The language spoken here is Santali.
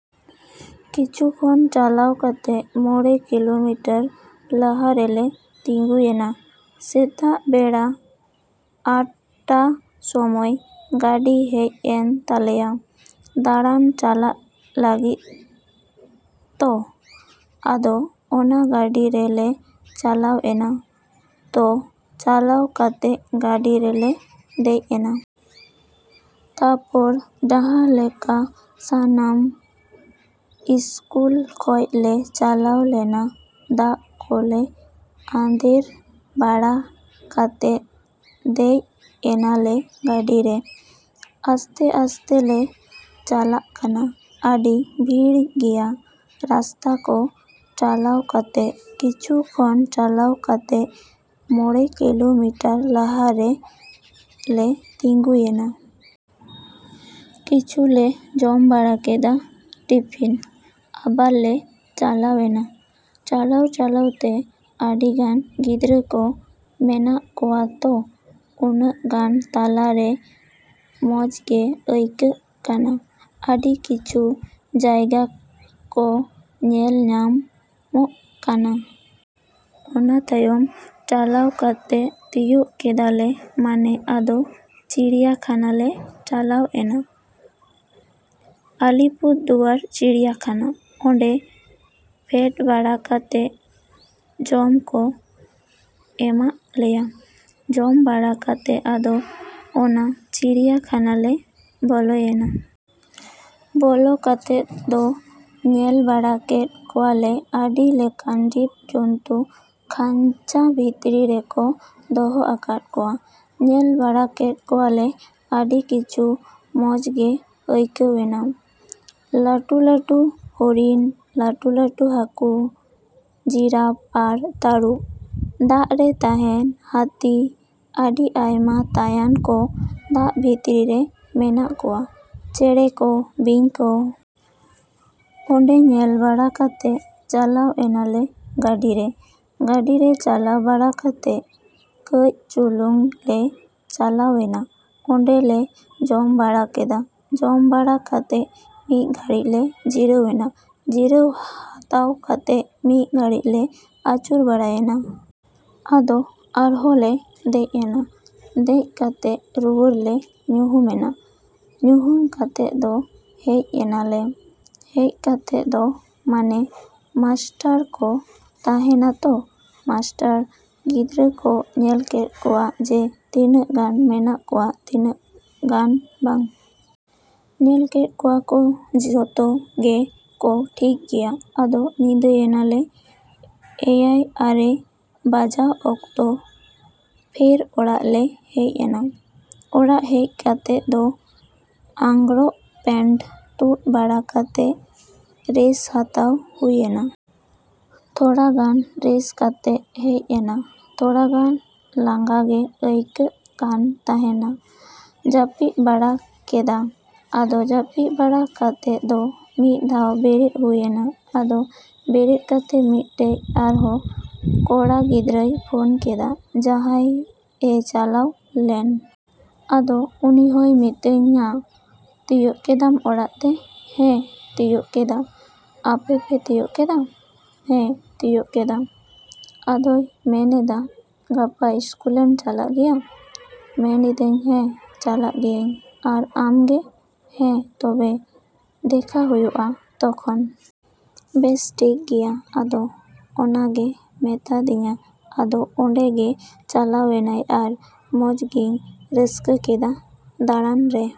‎ᱠᱤᱪᱷᱩ ᱠᱷᱚᱱ ᱪᱟᱞᱟᱣ ᱠᱟᱛᱮᱫ ᱢᱚᱲᱮ ᱠᱤᱞᱚᱢᱤᱴᱟᱨ ᱞᱟᱦᱟᱨᱮ ᱞᱮ ᱛᱤᱸᱜᱩᱭᱮᱱᱟ᱾ ᱥᱮᱛᱟᱜ ᱵᱮᱲᱟ ᱟᱴ ᱴᱟ ᱥᱚᱢᱚᱭ ᱜᱟᱹᱰᱤ ᱦᱮᱡ ᱮᱱ ᱛᱟᱞᱮᱭᱟ ᱫᱟᱲᱟᱱ ᱪᱟᱞᱟᱜ ᱞᱟᱹᱜᱤᱫ ᱛᱚ᱾ ᱟᱫᱚ ᱚᱱᱟ ᱜᱟᱹᱰᱤ ᱨᱮ ᱞᱮ ᱪᱟᱞᱟᱣᱮᱱᱟ᱾ ᱛᱚ ᱪᱟᱞᱟᱣ ᱠᱟᱛᱮᱫ ᱜᱟᱹᱰᱤ ᱨᱮ ᱞᱮ ᱫᱮᱡ ᱮᱱᱟ᱾ ᱛᱟᱯᱚᱨ ᱡᱟᱸᱦᱟ ᱞᱮᱠᱟ ᱥᱟᱱᱟᱢ ᱤᱥᱠᱩᱞ ᱠᱷᱚᱡ ᱞᱮ ᱪᱟᱞᱟᱣ ᱞᱮᱱᱟ ᱫᱟᱜ ᱠᱚ ᱞᱮ ᱟᱫᱮᱨ ᱵᱟᱲᱟ ᱠᱟᱛᱮᱫ ᱫᱮᱡ ᱮᱱᱟ ᱞᱮ ᱜᱟᱹᱰᱤ ᱨᱮ᱾ ᱟᱥᱛᱮᱼᱟᱥᱛᱮ ᱞᱮ ᱪᱟᱞᱟᱜ ᱠᱟᱱᱟ᱾ ᱟᱹᱰᱤ ᱵᱷᱤᱲ ᱜᱮᱭᱟ ᱨᱟᱥᱛᱟ ᱠᱚ ᱪᱟᱞᱟᱣ ᱠᱟᱛᱮᱫ ᱠᱤᱪᱷᱩ ᱠᱷᱚᱱ ᱪᱟᱞᱟᱣ ᱠᱟᱛᱮᱫ ᱢᱚᱲᱮ ᱠᱤᱞᱚᱢᱤᱴᱟᱨ ᱞᱟᱦᱟᱨᱮ ᱞᱮ ᱛᱤᱸᱜᱩᱭᱮᱱᱟ᱾ ᱠᱤᱪᱷᱩ ᱞᱮ ᱡᱚᱢ ᱵᱟᱲᱟ ᱠᱮᱫᱟ ᱴᱤᱯᱷᱤᱱ᱾ ᱟᱵᱟᱨ ᱞᱮ ᱪᱟᱞᱟᱣᱮᱱᱟ᱾ ᱪᱟᱞᱟᱣᱼᱪᱟᱞᱟᱣ ᱛᱮ ᱟᱹᱰᱤ ᱜᱟᱱ ᱜᱤᱫᱽᱨᱟᱹ ᱠᱚ ᱢᱮᱱᱟᱜ ᱠᱚᱣᱟ ᱛᱚ ᱩᱱᱟᱹᱜ ᱜᱟᱱ ᱛᱟᱞᱟ ᱨᱮ ᱢᱚᱪ ᱜᱮ ᱟᱹᱭᱠᱟᱹᱜ ᱠᱟᱱᱟ᱾ ᱟᱹᱰᱤ ᱠᱤᱪᱷᱩ ᱡᱟᱭᱜᱟ ᱠᱚ ᱧᱮᱞ ᱧᱟᱢᱚᱜ ᱠᱟᱱᱟ᱾ ᱚᱱᱟ ᱛᱟᱭᱚᱢ ᱪᱟᱞᱟᱣ ᱠᱟᱛᱮᱫ ᱛᱤᱭᱟᱹᱜ ᱠᱮᱫᱟ ᱞᱮ ᱢᱟᱱᱮ ᱟᱫᱚ ᱪᱤᱲᱭᱟᱹ ᱠᱷᱟᱱ ᱞᱮ ᱪᱟᱞᱟᱣ ᱞᱮᱱᱟ᱾ ᱟᱞᱤᱯᱩᱨ ᱫᱩᱣᱟᱨ ᱪᱤᱲᱭᱟᱹ ᱠᱷᱟᱱᱟ᱾ ᱚᱸᱰᱮ ᱯᱷᱮᱰ ᱵᱟᱲᱟ ᱠᱟᱛᱮᱫ ᱡᱚᱢ ᱠᱚ ᱮᱢᱟᱜ ᱞᱮᱭᱟ᱾ ᱡᱚᱢ ᱵᱟᱲᱟ ᱠᱟᱛᱮᱫ ᱟᱫᱚ ᱚᱱᱟ ᱪᱤᱲᱭᱟᱹ ᱠᱷᱟᱱᱟ ᱞᱮ ᱵᱚᱞᱚᱭᱮᱱᱟ᱾ ᱵᱚᱞᱚ ᱠᱟᱛᱮᱫ ᱫᱚ ᱧᱮᱞ ᱵᱟᱲᱟ ᱠᱮᱫ ᱠᱚᱣᱟ ᱞᱮ ᱟᱹᱰᱤ ᱞᱮᱠᱟᱱ ᱡᱤᱵ ᱡᱚᱱᱛᱩ ᱠᱷᱟᱧᱪᱟ ᱵᱷᱤᱛᱤᱨ ᱨᱮ ᱠᱚ ᱫᱚᱦᱚ ᱟᱠᱟᱫ ᱠᱚᱣᱟ᱾ ᱧᱮᱞ ᱵᱟᱲᱟ ᱠᱮᱫ ᱠᱚᱣᱟ ᱞᱮ ᱟᱹᱰᱤ ᱠᱤᱪᱷᱩ ᱢᱚᱪ ᱜᱮ ᱟᱹᱭᱠᱟᱹᱣᱮᱱᱟ᱾ ᱞᱟᱹᱴᱩᱼᱞᱟᱹᱴᱩ ᱦᱚᱨᱤᱱ, ᱞᱟᱹᱴᱩᱼᱞᱟᱹᱴᱩ ᱦᱟᱠᱩ, ᱡᱤᱨᱟᱯ ᱟᱨ ᱛᱟᱹᱨᱩᱵ, ᱫᱟᱜ ᱨᱮ ᱛᱟᱦᱮᱸᱱ ᱦᱟᱹᱛᱤ, ᱟᱹᱰᱤ ᱟᱭᱢᱟ ᱛᱟᱭᱟᱱ ᱠᱚ ᱫᱟᱜ ᱵᱷᱤᱛᱤᱨ ᱨᱮ ᱢᱮᱱᱟᱜ ᱠᱚᱣᱟ, ᱪᱮᱬᱮᱸ ᱠᱚ, ᱵᱤᱧ ᱠᱚ᱾ ᱚᱸᱰᱮ ᱧᱮᱞ ᱵᱟᱲᱟ ᱠᱟᱛᱮᱫ ᱪᱟᱞᱟᱣᱮᱱᱟ ᱞᱮ ᱜᱟᱹᱰᱤ ᱨᱮ᱾ ᱜᱟᱹᱰᱤ ᱨᱮ ᱪᱟᱞᱟᱣ ᱵᱟᱲᱟ ᱠᱟᱛᱮᱫ ᱠᱟᱹᱪ ᱪᱩᱞᱩᱝ ᱞᱮ ᱪᱟᱞᱟᱣᱮᱱᱟ᱾ ᱚᱸᱰᱮ ᱞᱮ ᱡᱚᱢ ᱵᱟᱲᱟ ᱠᱮᱫᱟ᱾ ᱡᱚᱢ ᱵᱟᱲᱟ ᱠᱟᱛᱮᱫ ᱢᱤᱫ ᱜᱷᱟᱹᱲᱤ ᱞᱮ ᱡᱤᱨᱟᱹᱣᱮᱱᱟ᱾ ᱡᱤᱨᱟᱹᱣ ᱦᱟᱛᱟᱣ ᱠᱟᱛᱮᱫ ᱢᱤᱫ ᱜᱷᱟᱹᱲᱤ ᱞᱮ ᱟᱹᱪᱩᱨ ᱵᱟᱲᱟᱭᱮᱱᱟ᱾ ᱟᱫᱚ ᱟᱨᱦᱚᱸ ᱞᱮ ᱫᱮᱡ ᱮᱱᱟ᱾ ᱫᱮᱡ ᱠᱟᱛᱮᱫ ᱨᱩᱣᱟᱹᱲ ᱞᱮ ᱧᱩᱦᱩᱢᱮᱱᱟ᱾ ᱧᱩᱦᱩᱢ ᱠᱟᱛᱮᱫ ᱫᱚ ᱦᱮᱡ ᱮᱱᱟ ᱞᱮ᱾ ᱦᱮᱡ ᱠᱟᱛᱮᱫ ᱫᱚ ᱢᱟᱱᱮ ᱢᱟᱥᱴᱟᱨ ᱠᱚ ᱛᱟᱦᱮᱸᱱᱟ ᱛᱚ ᱢᱟᱥᱴᱟᱨ ᱜᱤᱫᱽᱨᱟᱹ ᱠᱚ ᱧᱮᱞ ᱠᱮᱫ ᱠᱚᱣᱟ ᱡᱮ ᱛᱤᱱᱟᱹᱜ ᱜᱟᱱ ᱢᱮᱱᱟᱜ ᱠᱚᱣᱟ ᱛᱤᱱᱟᱹᱜ ᱜᱟᱱ ᱵᱟᱝ᱾ ᱧᱮᱞ ᱠᱮᱫ ᱠᱚᱣᱟ ᱠᱚ ᱡᱚᱛᱚ ᱜᱮ ᱠᱚ ᱴᱷᱤᱠ ᱜᱮᱭᱟ᱾ ᱟᱫᱚ ᱧᱤᱫᱟᱹᱭᱮᱱᱟ ᱞᱮ ᱮᱭᱟᱭ ᱟᱨᱮ ᱵᱟᱡᱟᱜ ᱚᱠᱛᱚ ᱯᱷᱮᱨ ᱚᱲᱟᱜ ᱞᱮ ᱦᱮᱡ ᱮᱱᱟ᱾ ᱚᱲᱟᱜ ᱦᱮᱡ ᱠᱟᱛᱮᱫ ᱫᱚ ᱟᱸᱝᱨᱚᱯ ᱯᱮᱱᱴ ᱛᱩᱫ ᱵᱟᱲᱟ ᱠᱟᱛᱮᱫ ᱨᱮᱥ ᱦᱟᱛᱟᱣ ᱦᱩᱭᱱᱟ᱾ ᱛᱷᱚᱲᱟ ᱜᱟᱱ ᱨᱮᱥ ᱠᱟᱛᱮᱫ ᱦᱮᱡ ᱮᱱᱟ᱾ ᱛᱷᱚᱲᱟ ᱜᱟᱱ ᱞᱟᱸᱜᱟ ᱜᱮ ᱟᱹᱭᱠᱟᱹᱜ ᱠᱟᱱ ᱛᱟᱦᱮᱸᱜᱼᱟ᱾ ᱡᱟᱹᱯᱤᱫ ᱵᱟᱲᱟ ᱠᱮᱫᱟ᱾ ᱟᱫᱚ ᱡᱟᱹᱯᱤᱫ ᱵᱟᱲᱟ ᱠᱟᱛᱮᱫ ᱫᱚ ᱢᱤᱫ ᱫᱷᱟᱣ ᱵᱤᱨᱤᱫ ᱦᱩᱭᱮᱱᱟ᱾ ᱟᱫᱚ ᱵᱤᱨᱤᱫ ᱠᱟᱛᱮᱫ ᱢᱤᱫᱴᱮᱡ ᱟᱨᱦᱚᱸ ᱠᱚᱲᱟ ᱜᱤᱫᱽᱨᱟᱹᱭ ᱯᱷᱚᱱ ᱠᱮᱫᱟ ᱡᱟᱦᱟᱸᱭ ᱪᱟᱞᱟᱣ ᱞᱮᱱ᱾ ᱟᱫᱚ ᱩᱱᱤ ᱦᱚᱭ ᱢᱮᱛᱟᱫᱤᱧᱟᱭ ᱛᱤᱭᱟᱹᱜ ᱠᱮᱫᱟᱢ ᱚᱲᱟᱜ ᱛᱮ? ᱦᱮᱸ ᱛᱤᱭᱟᱹᱜ ᱠᱮᱫᱟ᱾ ᱟᱯᱮ ᱯᱮ ᱛᱤᱭᱟᱹᱜ ᱠᱮᱫᱟ? ᱦᱮᱸ ᱛᱤᱭᱟᱹᱜ ᱠᱮᱫᱟ᱾ ᱟᱫᱚᱭ ᱢᱮᱱᱫᱟ ᱜᱟᱯᱟ ᱤᱥᱠᱩᱞᱮᱢ ᱪᱟᱞᱟᱜ ᱜᱮᱭᱟ? ᱢᱮᱱᱫᱟᱭ ᱦᱮᱸ ᱪᱟᱞᱟᱜ ᱜᱮᱭᱟ᱾ ᱟᱨ ᱟᱢ ᱜᱮ? ᱦᱮᱸ ᱛᱚᱵᱮ ᱫᱮᱠᱷᱟ ᱦᱩᱭᱩᱜᱼᱟ ᱛᱚᱠᱷᱚᱱ᱾ ᱵᱮᱥ ᱴᱷᱤᱠ ᱜᱮᱭᱟ᱾ ᱟᱫᱚ ᱚᱱᱟ ᱜᱮ ᱢᱤᱛᱟᱫᱤᱧᱟᱭ᱾ ᱟᱫᱚ ᱚᱸᱰᱮ ᱜᱮ ᱪᱟᱵᱟᱭᱮᱱᱟ᱾ ᱟᱨ ᱢᱚᱪ ᱜᱤᱧ ᱨᱟᱹᱥᱠᱟᱹ ᱠᱮᱫᱟ ᱫᱟᱬᱟᱱ ᱨᱮ᱾।